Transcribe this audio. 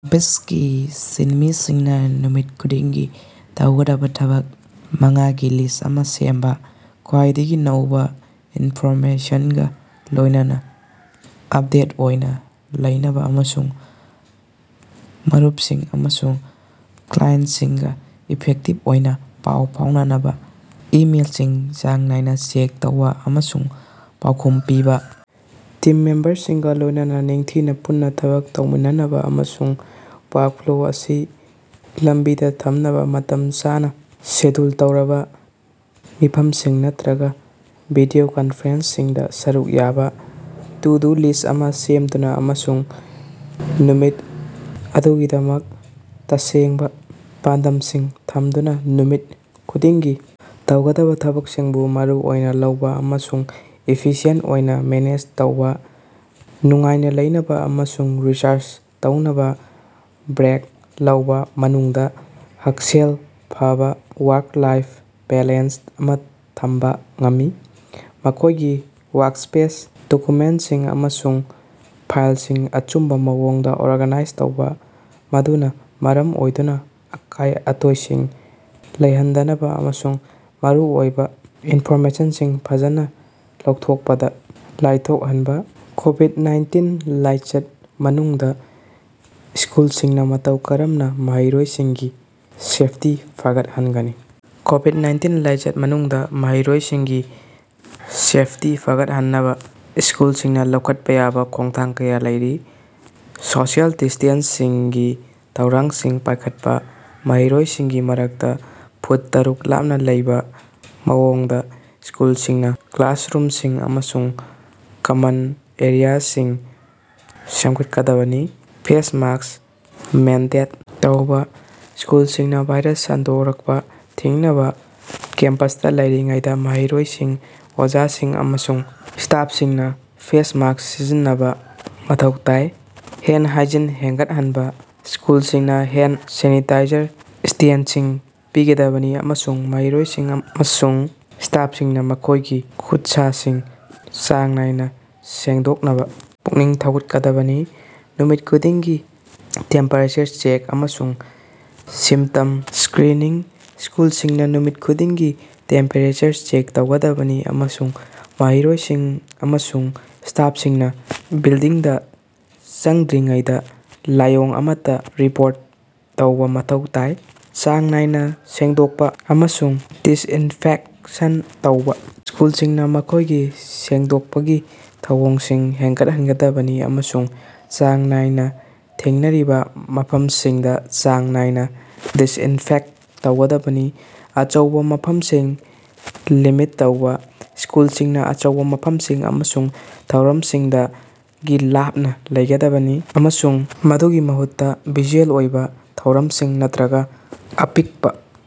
ꯑꯣꯐꯤꯁꯀꯤ ꯁꯤꯟꯃꯤꯁꯤꯡꯅ ꯅꯨꯃꯤꯠ ꯈꯨꯗꯤꯡꯒꯤ ꯇꯧꯒꯗꯕ ꯊꯕꯛ ꯃꯉꯥꯒꯤ ꯂꯤꯁ꯭ꯠ ꯑꯃ ꯁꯦꯝꯕ꯫ ꯈ꯭ꯋꯥꯏꯗꯒꯤ ꯅꯧꯕ ꯏꯟꯐꯣꯔꯃꯦꯁꯟꯒ ꯂꯣꯏꯅꯅ ꯑꯞꯗꯦꯠ ꯑꯣꯏꯅ ꯂꯩꯅꯕ ꯑꯃꯁꯨꯡ ꯃꯔꯨꯞꯁꯤꯡ ꯑꯃꯁꯨꯡ ꯀ꯭ꯂꯥꯏꯑꯦꯟꯇꯁꯤꯡꯒ ꯏꯐꯦꯛꯇꯤꯕ ꯑꯣꯏꯅ ꯄꯥꯎ ꯐꯥꯎꯅꯅꯕ ꯏꯃꯦꯜꯁꯤꯡ ꯆꯥꯡ ꯅꯥꯏꯅ ꯆꯦꯛ ꯇꯧꯕ ꯑꯃꯁꯨꯡ ꯄꯥꯎꯈꯨꯝ ꯄꯤꯕ꯫ ꯇꯤꯝ ꯃꯦꯝꯕꯔꯁꯤꯡꯒ ꯂꯣꯏꯅꯅ ꯅꯤꯡꯊꯤꯅ ꯄꯨꯟꯅ ꯊꯕꯛ ꯇꯧꯃꯤꯟꯅꯅꯕ ꯑꯃꯁꯨꯡ ꯋꯥꯔꯛꯐ꯭ꯂꯣ ꯑꯁꯤ ꯂꯝꯕꯤꯗ ꯊꯝꯅꯕ ꯃꯇꯝ ꯆꯥꯅ ꯁꯦꯗ꯭ꯌꯨꯜ ꯇꯧꯔꯕ ꯃꯤꯐꯝꯁꯤꯡ ꯅꯠꯇ꯭ꯔꯒ ꯚꯤꯗꯤꯑꯣ ꯀꯟꯐꯔꯦꯟꯁꯁꯤꯡꯗ ꯁꯔꯨꯛ ꯌꯥꯕ ꯇꯨ-ꯗꯨ-ꯂꯤꯁ꯭ꯠ ꯑꯃ ꯁꯦꯝꯗꯨꯅ ꯑꯃꯁꯨꯡ ꯅꯨꯃꯤꯠ ꯑꯗꯨꯒꯤꯗꯃꯛ ꯇꯁꯦꯡꯕ ꯄꯥꯟꯗꯝꯁꯤꯡ ꯊꯝꯗꯨꯅ ꯅꯨꯃꯤꯠ ꯈꯨꯗꯤꯡꯒꯤ ꯇꯧꯒꯗꯕ ꯊꯕꯛꯁꯤꯡꯕꯨ ꯃꯔꯨ ꯑꯣꯏꯅ ꯂꯧꯕ ꯑꯃꯁꯨꯡ ꯏꯐꯤꯁꯤꯌꯦꯟꯇ ꯑꯣꯏꯅ ꯃꯦꯅꯦꯖ ꯇꯧꯕ꯫ ꯅꯨꯡꯉꯥꯏꯅ ꯂꯩꯅꯕ ꯑꯃꯁꯨꯡ ꯔꯤꯆꯥꯔꯖ ꯇꯧꯅꯕ ꯕ꯭ꯔꯦꯛ ꯂꯧꯕ, ꯃꯗꯨꯅ ꯍꯛꯁꯦꯜ ꯐꯕ ꯋꯥꯔꯛ-ꯂꯥꯏꯐ ꯕꯦꯂꯦꯟꯁ ꯑꯃ ꯊꯝꯕ ꯉꯝꯃꯤ꯫ ꯃꯈꯣꯏꯒꯤ ꯋꯥꯔꯛꯁ꯭ꯄꯦꯁ, ꯗꯣꯀ꯭ꯌꯨꯃꯦꯟꯇꯁꯤꯡ ꯑꯃꯁꯨꯡ ꯐꯥꯏꯜꯁꯤꯡ ꯑꯆꯨꯝꯕ ꯃꯑꯣꯡꯗ ꯑꯣꯔꯒꯅꯥꯏꯖ ꯇꯧꯕ, ꯃꯗꯨꯅ ꯃꯔꯝ ꯑꯣꯏꯗꯨꯅ ꯑꯀꯥꯏ-ꯑꯇꯣꯏꯁꯤꯡ ꯂꯩꯍꯟꯗꯅꯕ ꯑꯃꯁꯨꯡ ꯃꯔꯨꯑꯣꯏꯕ ꯏꯟꯐꯣꯔꯃꯦꯁꯟꯁꯤꯡ ꯐꯖꯅ ꯂꯧꯊꯣꯛꯄꯗ ꯂꯥꯏꯊꯣꯛꯍꯟꯕ꯫ ꯀꯣꯕꯤꯗ-ꯅꯥꯏꯟꯇꯤꯟ ꯂꯥꯏꯆꯠ ꯃꯅꯨꯡꯗ ꯁ꯭ꯀꯨꯜꯁꯤꯡꯅ ꯃꯇꯧ ꯀꯔꯝꯅ ꯃꯍꯩꯔꯣꯏꯁꯤꯡꯒꯤ ꯁꯦꯐꯇꯤ ꯐꯒꯠꯍꯟꯒꯅꯤ? ꯀꯣꯕꯤꯗ- ꯅꯥꯏꯟꯇꯤꯟ ꯂꯥꯏꯆꯠ ꯃꯅꯨꯡꯗ ꯃꯍꯩꯔꯣꯏꯁꯤꯡꯒꯤ ꯁꯦꯐꯇꯤ ꯐꯒꯠꯍꯟꯅꯕ ꯁ꯭ꯀꯨꯜꯁꯤꯡꯅ ꯂꯧꯈꯠꯄ ꯌꯥꯕ ꯈꯣꯡꯊꯥꯡ ꯀꯌ ꯂꯩꯔꯤ: ꯁꯣꯁꯤꯑꯦꯜ ꯗꯤꯁꯇꯦꯟꯁꯤꯡꯒꯤ ꯊꯧꯔꯥꯡꯁꯤꯡ ꯄꯥꯏꯈꯠꯄ: ꯃꯍꯩꯔꯣꯏꯁꯤꯡꯒꯤ ꯃꯔꯛꯇ ꯐꯨꯠ ꯇꯔꯨꯛ ꯂꯥꯞꯅ ꯂꯩꯕ ꯃꯑꯣꯡꯗ ꯁ꯭ꯀꯨꯜꯁꯤꯡꯅ ꯀ꯭ꯂꯥꯁꯔꯨꯝꯁꯤꯡ ꯑꯃꯁꯨꯡ ꯀꯃꯟ ꯑꯦꯔꯤꯌꯥꯁꯤꯡ ꯁꯦꯝꯒꯠꯀꯗꯕꯅꯤ꯫ ꯐꯦꯁ ꯃꯥꯁ꯭ꯛ ꯃꯦꯟꯗꯦꯠ ꯇꯧꯕꯥ: ꯁ꯭ꯀꯨꯜꯁꯤꯡꯅ ꯚꯥꯏꯔꯁ ꯁꯟꯗꯣꯔꯛꯄ ꯊꯤꯡꯅꯕ ꯀꯦꯝꯄꯁꯇ ꯂꯩꯔꯤꯉꯩꯗ ꯃꯍꯩꯔꯣꯏꯁꯤꯡ, ꯑꯣꯖꯥꯁꯤꯡ, ꯑꯃꯁꯨꯡ ꯁ꯭ꯇꯥꯐꯁꯤꯡꯅ ꯐꯦꯁ ꯃꯥꯁ꯭ꯛ ꯁꯤꯖꯤꯟꯅꯕ ꯃꯊꯧ ꯇꯥꯏ꯫ ꯍꯦꯟꯗ ꯍꯥꯏꯖꯤꯟ ꯍꯦꯟꯒꯠꯍꯟꯕ: ꯁ꯭ꯀꯨꯜꯁꯤꯡꯅ ꯍꯦꯟꯗ ꯁꯦꯅꯤꯇꯥꯏꯖꯔ ꯁ꯭ꯇꯦꯁꯟꯁꯤꯡ ꯄꯤꯒꯗꯕꯅꯤ ꯑꯃꯁꯨꯡ ꯃꯍꯩꯔꯣꯏꯁꯤꯡ ꯑꯃꯁꯨꯡ ꯁ꯭ꯇꯥꯐꯁꯤꯡꯅ ꯃꯈꯣꯏꯒꯤ ꯈꯨꯠꯁꯥꯁꯤꯡ ꯆꯥꯡ ꯅꯥꯏꯅ ꯁꯦꯡꯗꯣꯛꯅꯕ ꯄꯨꯛꯅꯤꯡ ꯊꯧꯒꯠꯀꯗꯕꯅꯤ꯫ ꯅꯨꯃꯤꯠ ꯈꯨꯗꯤꯡꯒꯤ ꯇꯦꯝꯄꯦꯔꯦꯆꯔ ꯆꯦꯛ ꯑꯃꯁꯨꯡ ꯁꯤꯝꯇꯝ ꯁ꯭ꯀꯔꯤꯅꯤꯡ: ꯁ꯭ꯀꯨꯜꯁꯤꯡꯅ ꯅꯨꯃꯤꯠ ꯈꯨꯗꯤꯡꯒꯤ ꯇꯦꯝꯄꯦꯔꯦꯆꯔ ꯆꯦꯛ ꯇꯧꯒꯗꯕꯅꯤ ꯑꯃꯁꯨꯡ ꯃꯍꯩꯔꯣꯏꯁꯤꯡ ꯑꯃꯁꯨꯡ ꯁ꯭ꯇꯥꯐꯁꯤꯡꯅ ꯕꯤꯜꯗꯤꯡꯗ ꯆꯪꯗ꯭ꯔꯤꯉꯩꯗ ꯂꯥꯏꯑꯣꯡ ꯑꯃꯠꯇ ꯔꯤꯄꯣꯔꯠ ꯇꯧꯕ ꯃꯊꯧ ꯇꯥꯏ꯫ ꯆꯥꯡ ꯅꯥꯏꯅ ꯁꯦꯡꯗꯣꯛꯄ ꯑꯃꯁꯨꯡ ꯗꯤꯁꯏꯟꯐꯦꯛꯁꯟ ꯇꯧꯕ: ꯁ꯭ꯀꯨꯜꯁꯤꯡꯅ ꯃꯈꯣꯏꯒꯤ ꯁꯦꯡꯗꯣꯛꯄꯒꯤ ꯊꯧꯑꯣꯡꯁꯤꯡ ꯍꯦꯟꯒꯠꯍꯟꯒꯗꯕꯅꯤ ꯑꯃꯁꯨꯡ ꯆꯥꯡ ꯅꯥꯏꯅ ꯊꯦꯡꯅꯔꯤꯕ ꯃꯐꯝꯁꯤꯡꯗ ꯆꯥꯡ ꯅꯥꯏꯅ ꯗꯤꯁꯏꯟꯐꯦꯛꯇ ꯇꯧꯒꯗꯕꯅꯤ꯫ ꯑꯆꯧꯕ ꯃꯤꯐꯝꯁꯤꯡ ꯂꯤꯃꯤꯠ ꯇꯧꯕ: ꯁ꯭ꯀꯨꯜꯁꯤꯡꯅ ꯑꯆꯧꯕ ꯃꯤꯐꯝꯁꯤꯡ ꯑꯃꯁꯨꯡ ꯊꯧꯔꯝꯁꯤꯡꯗꯒꯤ ꯂꯥꯞꯅ ꯂꯩꯒꯗꯕꯅꯤ, ꯑꯃꯁꯨꯡ ꯃꯗꯨꯒꯤ ꯃꯍꯨꯠꯇ ꯚꯔꯆꯨꯑꯦꯜ ꯑꯣꯏꯕ ꯊꯧꯔꯝꯁꯤꯡ ꯅꯠꯇ‌꯭ꯔꯒ ꯑꯄꯤꯛꯄ,